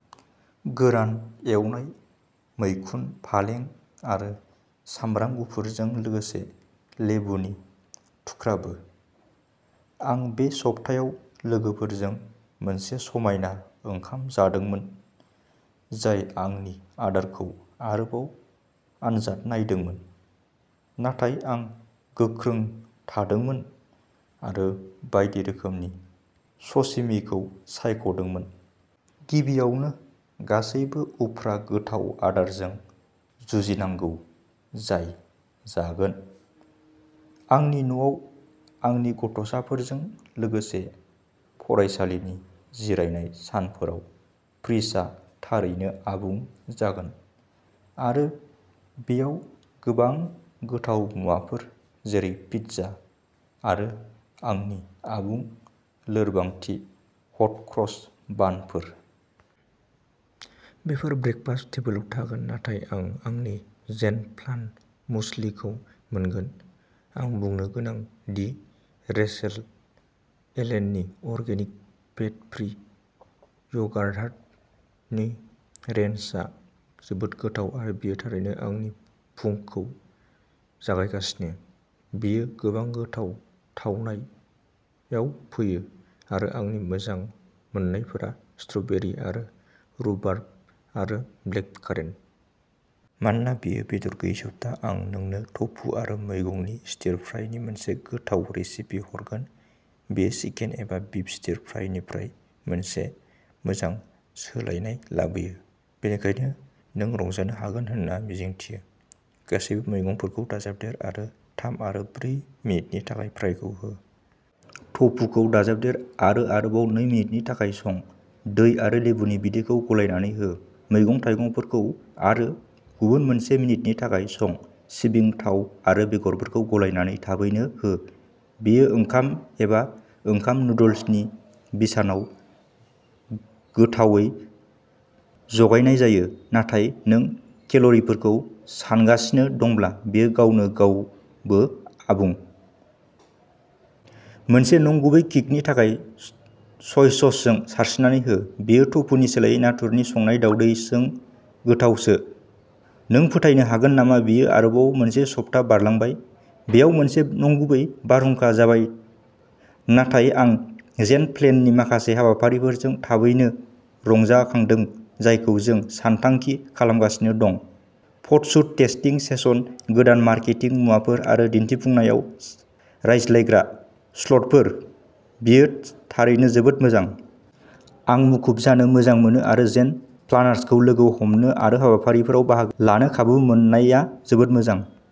गोरान एवनाय, मैखुन, फालें आरो सामब्राम गुफुरजों लोगोसे लेबुनि थुख्राबो। आं बे सप्तायाव लोगोफोरजों मोनसे समायना ओंखाम जादोंमोन, जाय आंनि आदारखौ आरोबाव आनजाद नायदोंमोन, नाथाय आं गोख्रों थादोंमोन आरो बायदि रोखोमनि सशिमिखौ सायख'दोंमोन। गिबियावनो, गासैबो उफ्रा गोथाव आदारजों जुजिनांगौ जाय जागोन। आंनि न'आव आंनि गथ'साफोरजों लोगोसे फरायसालिनि जिरायनाय सानफोराव फ्रिजआ थारैनो आबुं जागोन आरो बेयाव गोबां गोथाव मुवाफोर जेरै पिज्जा आरो आंनि आबुं लोरबांथि हट क्रस बानफोर। बेफोर ब्रेकफास्ट टेबोलाव थागोन नाथाय आं आंनि जेन प्लान मुसलिखौ मोनगोन। आं बुंनो गोनां दि रेचेल एलेननि अर्गेनिक फेट फ्रि य'गहार्टनि रेन्जआ जोबोद गोथाव आरो बेयो थारैनो आंनि फुंखौ जागायगासिनो! बेयो गोबां गोथाव थावनायाव फैयो आरो आंनि मोजां मोननायफोरा स्ट्र'बेरि आरो रुबार्ब आरो ब्लेककारेन्ट। मानोना बेयो बेदर गैयै सप्ता, आं नोंनो ट'फु आरो मैगंनि स्टिर फ्राइनि मोनसे गोथाव रेसिपि हरगोन। बेयो चिकेन एबा बिफ स्टिर फ्राइनिफ्राय मोनसे मोजां सोलायनाय लाबोयो, बेनिखायनो नों रंजानो हागोन होनना मिजिंथियो। गासैबो मैगंफोरखौ दाजाबदेर आरो थाम आरो ब्रै मिनिटनि थाखाय फ्राइखौ हो। ट'फुखौ दाजाबदेर आरो आरोबाव नै मिनिटनि थाखाय सं। दै आरो लेबुनि बिदैखौ गलायनानै हो। मैगं थाइगंफोरखौ आरो गुबुन मोनसे मिनिटनि थाखाय सं। सिबिं थाव आरो बेगरफोरखौ गलायनानै थाबैनो हो। बेयो ओंखाम एबा ओंखाम नुडल्सनि बिसानाव गोथावै जगायनाय जायो, नाथाय नों केल'रिफोरखौ सानगासिनो दंब्ला, बेयो गावनो गावबो आबुं। मोनसे नंगुबै किकनि थाखाय, सय ससजों सारस्रिनानै हो। बेयो टफुनि सोलायै नाथुरनि संनाय दावदैजों गोथावसो। नों फोथायनो हागोन नामा बेयो आरोबाव मोनसे सप्ता बारलांबाय? बेयाव मोनसे नंगुबै बारहुंखा जाबाय नाथाय आं जेन प्लेननि माखासे हाबाफारिफोरजों थारैनो रंजाखांदों जायखौ जों सानथांखि खालामगासिनो दं फटसुट, टेस्टिं सेसन, गोदान मार्केटिं मुवाफोर आरो दिन्थिफुंनायाव रायज्लायग्रा स्लटफोर बेयो थारैनो जोबोद मोजां। आं मुखुब जानो मोजां मोनो आरो जेन प्लानार्सखौ लोगो हमनो आरो हाबाफारिफोराव बाहागो लानो खाबु मोननाया जोबोद मोजां।